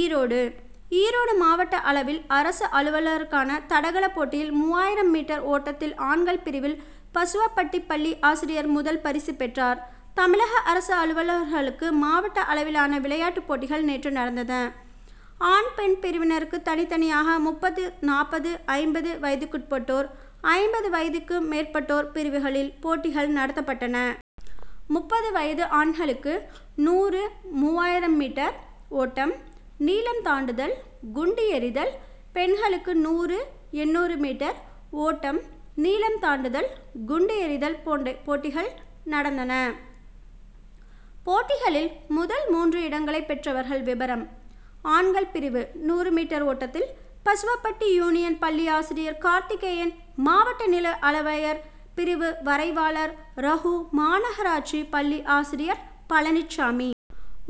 ஈரோடு ஈரோடு மாவட்ட அளவில் அரசு அலுவலர்க்கான தடகள போட்டியில் மூவாயிரம் மீட்டர் ஓட்டத்தில் ஆண்கள் பிரிவில் பசுவப்பட்டி பள்ளி ஆசிரியர் முதல் பரிசு பெற்றார். தமிழக அரசு அலுவலர்களுக்கு மாவட்ட அளவிலான விளையாட்டு போட்டிகள் நேற்று நடந்தன. ஆண் பெண் பிரிவினருக்கு தனித்தனியாக முப்பது நாற்பது ஐம்பது வயதுக்குட்பட்டோர் ஐம்பது வயதுக்கு மேற்பட்டோர் பிரிவுகளில் போட்டிகள் நடத்தப்பட்டன. முப்பது வயது ஆண்களுக்கு நூறு மூவாயிரம் மீ. ஓட்டம் நீளம் தாண்டுதல் குண்டு எறிதல் பெண்களுக்கு நூறு எண்ணூறு மீ. ஓட்டம் நீளம் தாண்டுதல் குண்டு எறிதல் போட்டிகள் நடந்தன. போட்டிகளில் முதல் மூன்று இடங்களை பெற்றவர்கள் விபரம் ஆண்கள் பிரிவு நூறு மீ. ஓட்டத்தில் பசுவபட்டி யூனியன் பள்ளி ஆசிரியர் கார்த்திகேயன் மாவட்ட நிலஅளவையர் பிரிவு வரைவாளர் ரகு மாநகராட்சி பள்ளி ஆசிரியர் பழனிச்சாமி.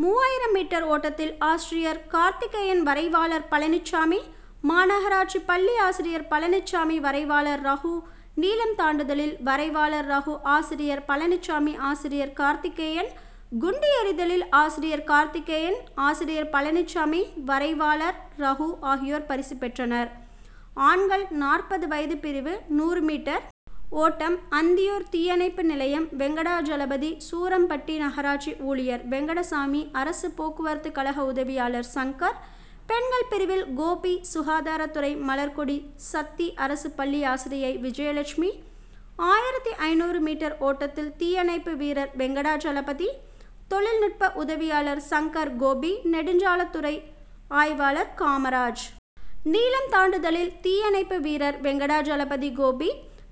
மூவாயிரம் மீ. ஓட்டத்தில் ஆசிரியர் கார்த்திகேயன் வரைவாளர் பழனிச்சாமி மாநகராட்சி பள்ளி ஆசிரியர் பழனிச்சாமி வரைவாளர் ரகு. நீளம் தாண்டுதலில் வரைவாளர் ரகு ஆசிரியர் பழனிச்சாமி ஆசிரியர் கார்த்திகேயன். குண்டு எறிதலில் ஆசிரியர் கார்த்திகேயன் ஆசிரியர் பழனிச்சாமி வரைவாளர் ரகு ஆகியோர் பரிசு பெற்றனர். ஆண்கள் நாற்பது வயது பிரிவு நூறு மீ. ஓட்டம் அந்தியூர் தீயணைப்பு நிலையம் வெங்கடாஜலபதி சூரம்பட்டி நகராட்சி ஊழியர் வெங்கடசாமி அரசு போக்குவரத்து கழக உதவியாளர் சங்கர். பெண்கள் பிரிவில் கோபி சுகாதாரத்துறை மலர்கொடி சத்தி அரசு பள்ளி ஆசிரியை விஜயலட்சுமி. ஆயிரத்து ஐந்நூறு மீ. ஓட்டத்தில் தீயணைப்பு வீரர் வெங்கடாஜலபதி தொழிநுட்ப உதவியாளர் சங்கர் கோபி நெடுஞ்சாலைத்துறை ஆய்வாளர் காமராஜ். நீளம் தாண்டுதலில் தீயணைப்பு வீரர் வெங்கடஜலாபதி கோபி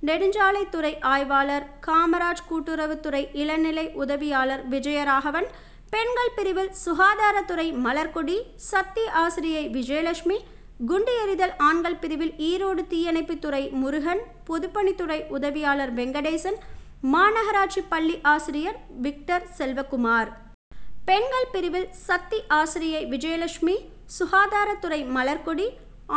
நெடுஞ்சாலைத்துறை ஆய்வாளர் காமராஜ் கூட்டுறவு துறை இளநிலை உதவியாளர் விஜயராகவன். பெண்கள் பிரிவில் சுகாதாரத்துறை மலர்கொடி சத்தி ஆசிரியை விஜயலட்சுமி. குண்டு எறிதல் ஆண்கள் பிரிவில் ஈரோடு தீயணைப்பு துறை முருகன் பொதுப்பணித்துறை உதவியாளர் வெங்கடேசன் மாநகராட்சி பள்ளி ஆசிரியர் விக்டர் செல்வகுமார். பெண்கள் பிரிவில் சத்தி ஆசிரியை விஜயலட்சுமி சுகாதாரத்துறை மலர்கொடி.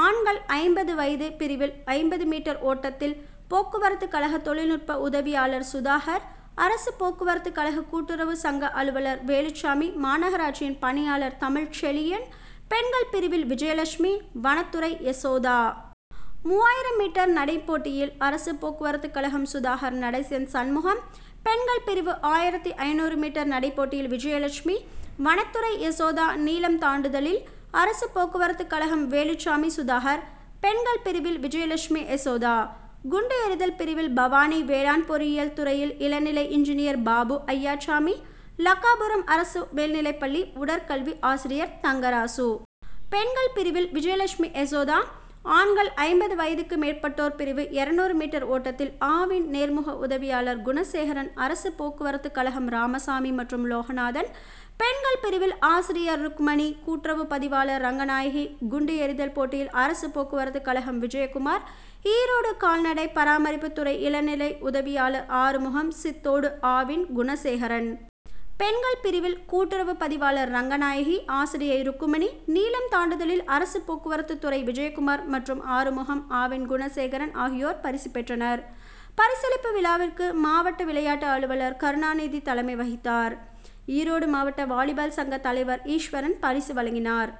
ஆண்கள் ஐம்பது வயது பிரிவில் ஐம்பது மீ. ஓட்டத்தில் போக்குவரத்து கழக தொழில்நுட்ப உதவியாளர் சுதாகர் அரசு போக்குவரத்து கழக கூட்டுறவு சங்க அலுவலர் வேலுச்சாமி மாநகராட்சி பணியாளர் தமிழ் செழியன். பெண்கள் பிரிவில் விஜயலட்சுமி வனத்துறை யாசோதா. மூவாயிரம் மீ. நடை போட்டியில் அரசு போக்குவரத்து கழகம் சுதாகர் நடேசன் சண்முகம். பெண்கள் பிரிவு ஆயிரத்து ஐந்நூறு மீ. நடைப்போட்டியில் விஜயலட்சுமி வனத்துறை யசோதா நீளம் தாண்டுதலில் அரசு போக்குவரத்துக்கழகம் வேலுச்சாமி சுதாகர். பெண்கள் பிரிவில் விஜயலட்சுமி யசோதா. குண்டு எறிதல் பிரிவில் பவானி வேளாண் பொறியியல் துறை இளநிலை இன்ஜினியர் பாபு அய்யாச்சாமி லக்காபுரம் அரசு மேல்நிலைப்பள்ளி உடற்கல்வி ஆசிரியர் தங்கராசு. பெண்கள் பிரிவில் விஜயலட்சுமி யசோதா. ஆண்கள் ஐம்பது வயதுக்கு மேற்பட்டோர் பிரிவு இருநூறு மீ. ஓட்டத்தில் ஆவின் நேர்முக உதவியாளர் குணசேகரன் அரசு போக்குவரத்து கழகம் ராமசாமி மற்றும் லோகநாதன். பெண்கள் பிரிவில் ஆசிரியர் ருக்கமணி கூட்டுறவு பதிவாளர் ரங்கநாயகி. குண்டு எறிதல் போட்டியில் அரசு போக்குவரத்து கழகம் விஜயகுமார் ஈரோடு கால்நடை பராமரிப்பு துறை இளநிலை உதவியாளர் ஆறுமுகம் சித்தோடு ஆவின் குணசேகரன். பெண்கள் பிரிவில் கூட்டுறவு பதிவாளர் ரங்கநாயகி ஆசிரியை ருக்குமணி. நீளம் தாண்டுதலில் அரசு போக்குவரத்து துறை விஜயகுமார் மற்றும் ஆறுமுகம் ஆவின் குணசேகரன் ஆகியோர் பரிசு பெற்றனர். பரிசளிப்பு விழாவுக்கு மாவட்ட விளையாட்டு அலுவலர் கருணாநிதி தலைமை வகித்தார். ஈரோடு மாவட்ட வாலிபால் சங்க தலைவர் ஈஸ்வரன் பரிசு வழங்கினார்